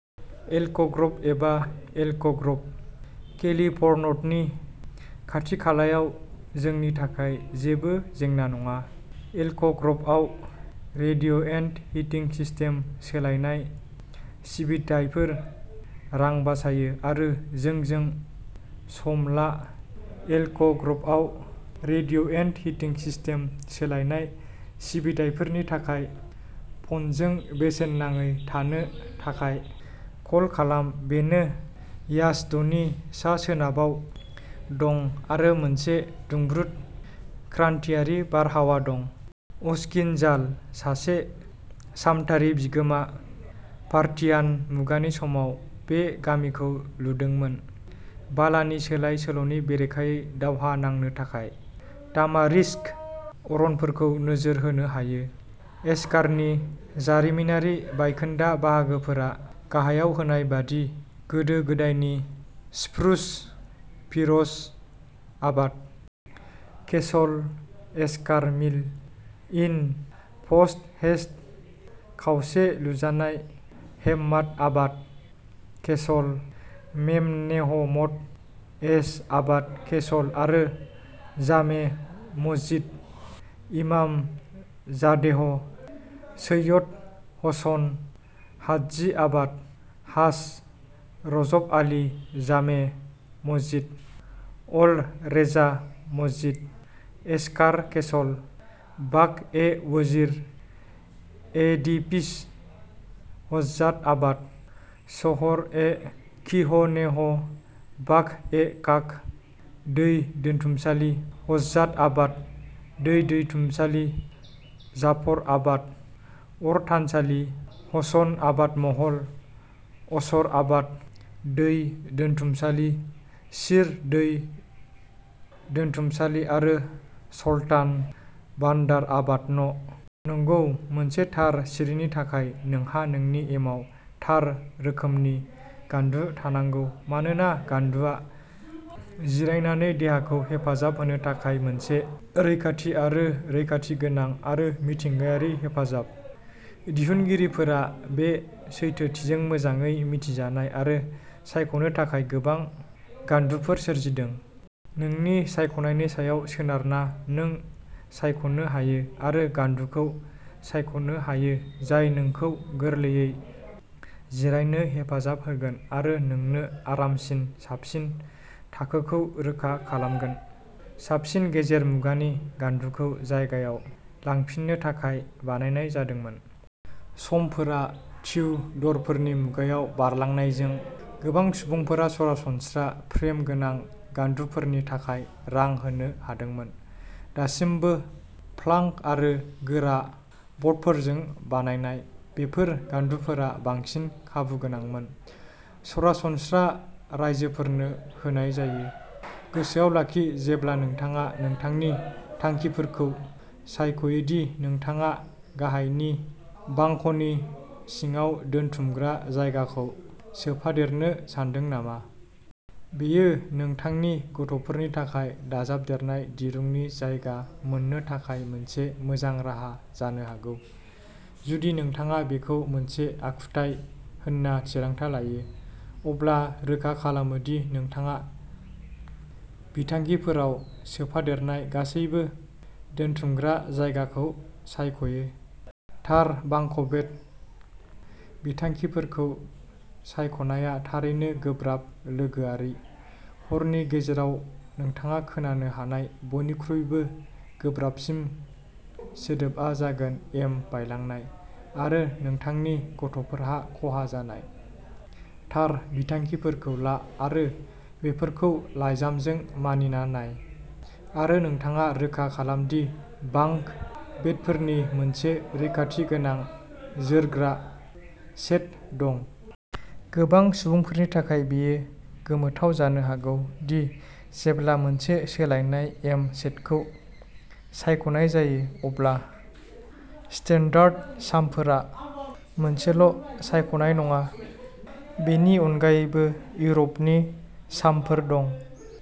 Elk Grove एबा Elk Grove, केलिफर्नट'नि खाथि-खालायाव जोंनि थाखाय जेबो जेंना नङा। एल्क ग्र'भआव रेडिएन्ट हिटिं सिस्टेम सोलायनाय सिबिथाइफोर रां बासायो आरो जोंजों सम ला एल्क ग्र'भआव रेडिएन्ट हिटिं सिस्टेम सोलायनाय सिबिथाइफोरनि थाखाय फनजों बेसेन नाङै थानो थाखाय कल खालाम बेनो याजदनि सा-सोनाबाव दं, आरो मोनसे दुंब्रुद, क्रान्तियारि बारहावा दं। अशकिन जाल, सासे सामन्तारि बिगोमा, पार्थियान मुगानि समाव बे गामिखौ लुदोंमोन। बालानि सोलाय-सोल'नि बेरेखायै दावहा नांनो थाखाय, तामारिस्क अरनफोरखौ नोजोर होनो हायो। एशकारनि जारिमिनारि बायखोन्दा बाहागोफोरा गाहायाव होनाय बायदि गोदो-गोदायनि स्प्रुस, फिर'ज आबाद केसल, एशकार मिल, इन, पस्ट हेस्ट, खावसे लुजानाय हेम्मात आबाद केसल, मेम'नेह मठ, एज आबाद केसल आरो जामे' मस्जिद, इमाम जाडेह सैयद हसन हादजी आबाद, हाज रजब आली जामे' मस्जिद, अल रेजा मस्जिद, एशकार केसल, बाक-ए-वजीर एडिफिस हज्जात आबाद, शहर-ए-कोहनेह बाक-ए-खाख दै दोनथुमसालि, हज्जात आबाद दै दोनथुमसालि, जाफर आबाद अर-थानसालि, हसन आबाद महल, असर आबाद दै दोनथुमसालि, शीर दै दोनथुमसालि आरो सल्तान बन्डार आबाद न'। नंगौ, मोनसे थार सिरिनि थाखाय नोंहा नोंनि एमाव थार रोखोमनि गान्दु थानांगौ मानोना गान्दुआ जिरायनानै देहाखौ हेफाजाब होनो थाखाय मोनसे रैखाथि आरो रैखाथि गोनां आरो मिथिंगायारि हेफाजाब। दिहुनगिरिफोरा बे सैथोथिजों मोजाङै मिथिजानाय आरो सायख'नो थाखाय गोबां गान्दुफोर सोरजिदों। नोंनि सायख'नायनि सायाव सोनारना नों सायख'नो हायो आरो गान्दुखौ सायख'नो हायो जाय नोंखौ गोरलैयै जिरायनो हेफाजाब होगोन आरो नोंनो आरामनि साबसिन थाखोखौ रोखा खालामगोन। साबसिन गेजेर मुगानि गान्दुखौ जायगायाव लांफिननो थाखाय बानायनाय जादोंमोन। समफोरा टिउडरफोरनि मुगायाव बारलांनायजों, गोबां सुबुंफोरा सरासनस्रा फ्रेम गोनां गान्दुफोरनि थाखाय रां होनो हादोंमोन। दासिमबो प्लांक आरो गोरा बर्डफोरजों बानायनाय, बेफोर गान्दुफोरा बांसिन खाबुगोनांमोन। सरासनस्रा राइजोफोरनो होनाय जायो। गोसोआव लाखि जेब्ला नोंथाङा नोंथांनि थांखिफोरखौ सायख'यो दि नोंथाङा गाहायनि बांकनि सिङाव दोनथुमग्रा जायगाखौ सोफादेरनो सानदों नामा। बेयो नोंथांनि गथ'फोरनि थाखाय दाजाबदेरनाय दिरुंनि जायगा मोन्नो थाखाय मोनसे मोजां राहा जानो हागौ। जुदि नोंथाङा बेखौ मोनसे आखुथाय होनना थिरांथा लायो, अब्ला रोखा खालाम दि नोंथाङा बिथांखिफोराव सोफादेरनाय गासैबो दोनथुमग्रा जायगाखौ सायख'यो। थार बांकबेड बिथांखिफोरखौ सायख'नाया थारैनो गोब्राब लोगोआरि। हरनि गेजेराव नोंथाङा खोनानो हानाय बयनिख्रुइबो गोब्राबसिन सोदोबआ जागोन एम बायलांनाय, आरो नोंथांनि गथ'फोरा खहा जानाय। थार बिथांखिफोरखौ ला आरो बेफोरखौ लाइजामजों मानिना नाय, आरो नोंथाङा रोखा खालाम दि बांक बेडफोरनि मोनसे रैखाथि गोनां, जोरग्रा सेट दं। गोबां सुबुंफोरनि थाखाय बेयो गोमोथाव जानो हागौ दि जेब्ला मोनसे सोलायनाय एम सेटखौ सायख'नाय जायो अब्ला स्टान्डार्ड शामफोरा मोनसेल' सायख'नाय नङा। बेनि अनगायैबो इउर'पनि शामफोर दं।